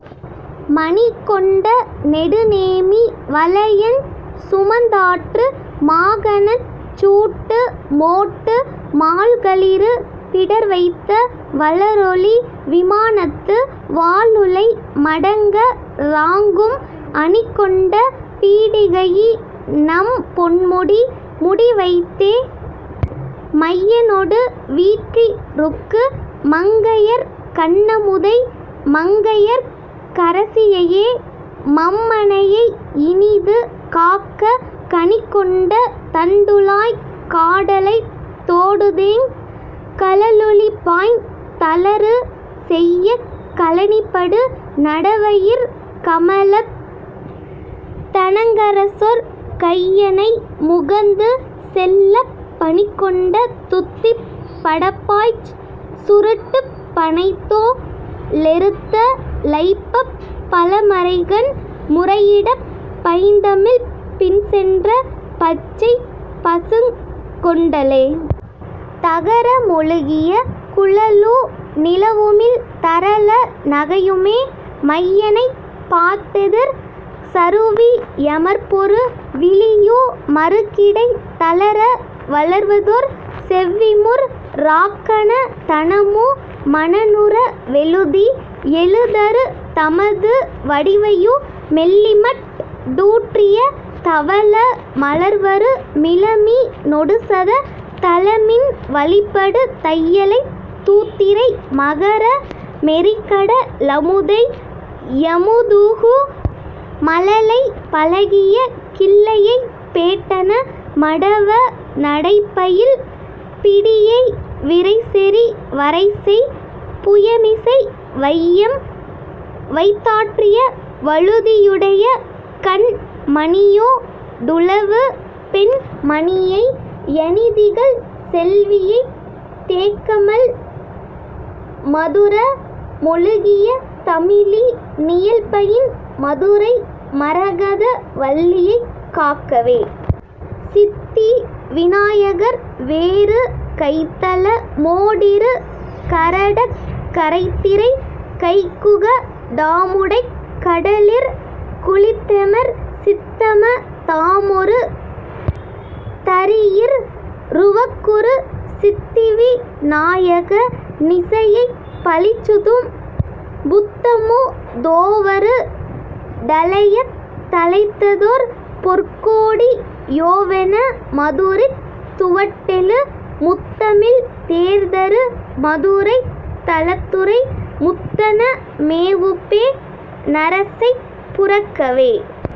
மணிகொண்ட நெடுநேமி வலயஞ் சுமந்தாற்று மாகணச் சூட்டு மோட்டு மால்களிறு பிடர்வைத்த வளரொளி விமானத்து வாலுளை மடங்க றாங்கும் அணிகொண்ட பீடிகையி னம்பொன்முடி முடிவைத்தே மையனொடு வீற்றி ருக்கு மங்கயற் கண்ணமுதை மங்கையர்க் கரசியையெ மம்மனையை யினிது காக்க கணிகொண்ட தண்டுழாய்க் காடலைத் தோடுதேங் கழலுழிபாய்ந் தளறு செய்யக் கழனிபடு நடவையிற் கமலத் தணங்கரசொர் கையணை முகந்து செல்லப் பணிகொண்ட துத்திப் படப்பாய்ச் சுருட்டுப் பணைத்தோ ளெருத்த லைப்பப் பழமறைகண் முறையிடப் பைந்தமிழ்ப் பின்சென்ற பச்சைப் பசுங் கொண்டலே. தகரமொழுகிய குழலு நிலவுமிழ் தரள நகையுமெ மையனைப் பார்த்தெதிர் சருவி யமர்பொரு விழியு மறுகிடை தளர வளர்வதொர் செவ்விமுற் றாக்கன தனமு மனனுற வெழுதி யெழுதரு தமது வடிவையு மெள்ளிமட் டூற்றிய தவள மலர்வரு மிளமி னொடுசத தளமின் வழிபடு தையலைத் தூத்திரை மகர மெறிகட லமுதை யமுதுகு மழலை பழகிய கிள்ளையைப் பேட்டன மடவ நடைபயில் பிடியை விரைசெறி வரைசெய் புயமிசை வையம் வைத்தாற்றிய வழுதியுடைய கண் மணியொ டுலவு பெண் மணியை யணிதிகழ் செல்வியைத் தேக்கமழ் மதுர மொழுகிய தமிழி னியல்பயின் மதுரை மரகத வல்லியைக் காக்கவே. சித்தி வினாயகர் வேறு கைத்தல மோடிரு கரடக் கரைத்திரை கைக்குக டாமுடைக் கடலிற் குளித்தெமர் சித்தம தாமொரு தறியிற் றுவக்குறு சித்திவி நாயக னிசையைப் பழிச்சுதும் புத்தமு தோவரு டழையத் தழைத்ததொர் பொற்கோடி யோவென மதுரித் துவட்டெழு முத்தமிழ் தேர்தரு மதுரைத் தலத்துறை முத்தன மேவுபெ ணரசைப் புரக்கவே.